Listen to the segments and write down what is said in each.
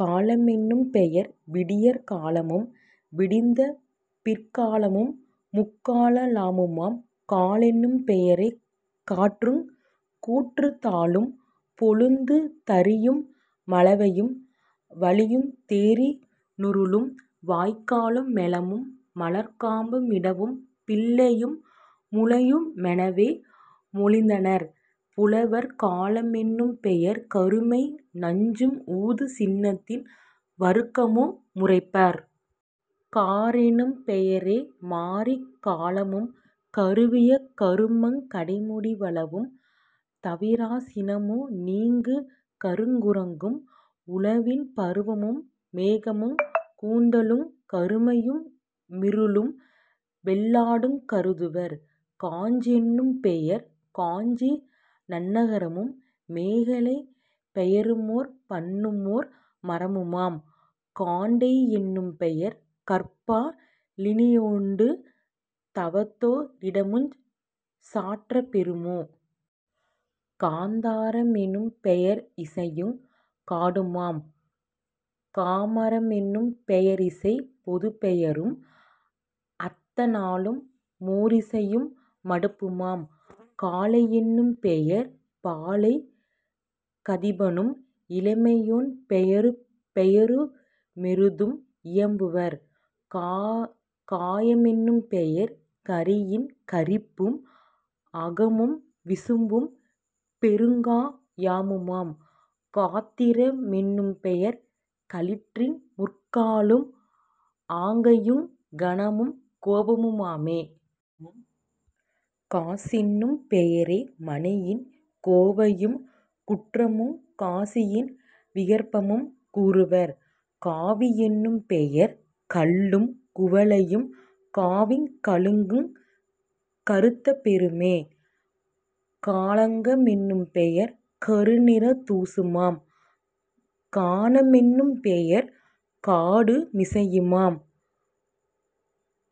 கால மெனும்பெயர் விடியற் காலமும் விடிந்த பிற்காலமு முக்கா லமுமாம்..... காலெனும் பெயரே காற்றுங் கூற்றுந் தாளும் பொழுதுந் தறியு மளவையும் வழியுந் தேரி னுருளும் வாய்க்காலும் பெலமு மலர்க்காம்பு மிடமும் பிள்ளையும் முளையு மெனவே மொழிந்தனர் புலவர்..... காள மெனும்பெயர் கருமையு நஞ்சும் ஊது சின்னத்தின் வருக்கமு முரைப்பர்..... காரெனும் பெயரே மாரிக் காலமும் கறுவிய கருமங் கடைமுடி வளவும் தவிராச் சினமு நீருங் கருங்குரங்கும் உழவின் பருவமு மேகமுங் கூந்தலுங் கருமையு மிருளும் வெள்ளாடுங் கருதுவர்..... காஞ்சி யெனும்பெயர் காஞ்சி நன்னகரமும் மேகலைப் பெயருமோர் பண்ணுமோர் மரமுமாம்.... காண்டை யெனும்பெயர் கற்பா ழியினொடு தவத்தோ ரிடமுஞ் சாற்றப் பெறுமே..... காந்தார மெனும்பெய ரிசையுங் காடுமாம்..... காமர மெனும்பெயரிசைப் பொதுப்பெயரும் அத்த நாளு மோரிசையு மடுப்புமாம்..... காளை யெனும்பெயர் பாலைக் கதிபனும் இளமையோன் பெயர் பெயரு மெருதும் இயம்புவர்..... காய மெனும்பெயர் கறியின் கரிப்பும் அகமும் விசும்பும் பெருங்கா யமுமாம்..... காத்திர மெனும்பெயர் களிற்றின் முற்காலும் ஆக்கையுங் கனமும் கோப முமாமே..... காசென்னும் பெயரே மணியின் கோவையும் குற்றமுங்காசின் விகற்பமும் கூறுவர்..... காவி யெனும்பெயர் கள்ளும் குவளையும் காவிக் கலுங்கு கருதப் பெறுமே..... காழக மெனும்பெயர் கருநிறந் தூசுமாம்..... கான மெனும்பெயர் காடு மிசையுமாம்.....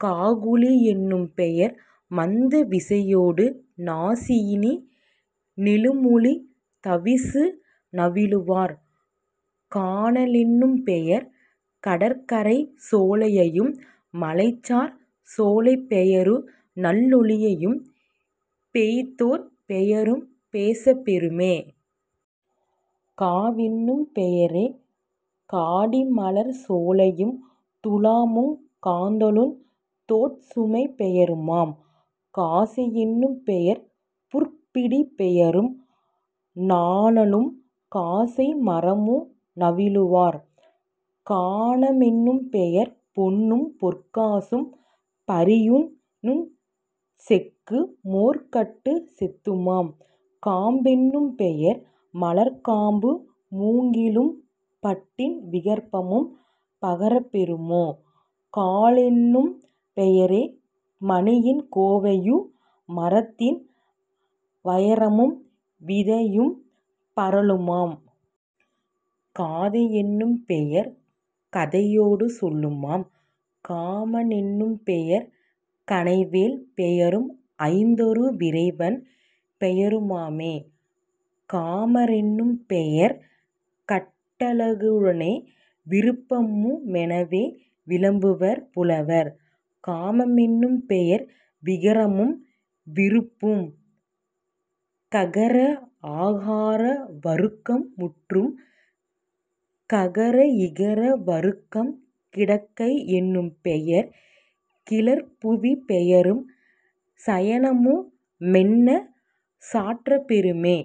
காகுளி யெனும்பெயர் மந்த விசையொடு நாசியி நிழுமொலி தவிசு நவிலுவார்..... கான லெனும்பெயர் கடற்கரைச் சோலையும் மலைசார் சோலைப்பெயரு நல்லொளியும் பேய்த்தேர்ப் பெயரும் பேசப் பெறுமே..... காவெனும் பெயரே காடிமலர்ச் சோலையும் துலாமுங் காத்தலுந் தோட்சுமைப் பெயருமாம்..... காசை யெனும்பெயர் புற்பிடிப் பெயரும் நாணலும் காசை மரமு நவிலுவர்..... காண மெனும்பெயர் பொன்னும் பொற்காசும் பரியூ ணுஞ்செக்கு மோர்கட் செந்துமாம்..... காம்பு எனும்பெயர் மலர்க்காம்பு மூங்கிலும் பட்டின் விகற்பமும் பகரப் பெறுமே..... காழெனும் பெயரே மணியின் கோவையு மரத்தின் வயிரமும் விதையும் பரலுமாம்..... காதை யெனும்பெயர் கதையொடு சொல்லுமாம்..... காமன் னெனும்பெயர் கணைவேள் பெயரும் ஐந்ததொரு விறைவன் பெயரு மாமே..... காம ரென்னும்பெயர் கட்டழகுடனே விருப்பமு மெனவே விளம்புவர் புலவர்..... காம மென்னும்பெயர் விரகமும் விருப்பும்.....தகர ஆகார வருக்கம் முற்றும். ககர இகர வருக்கம் கிடக்கை யெனும்பெயர் கிளர்புவிப் பெயரும் சயனமு மென்னச் சாற்றப் பெறுமே.....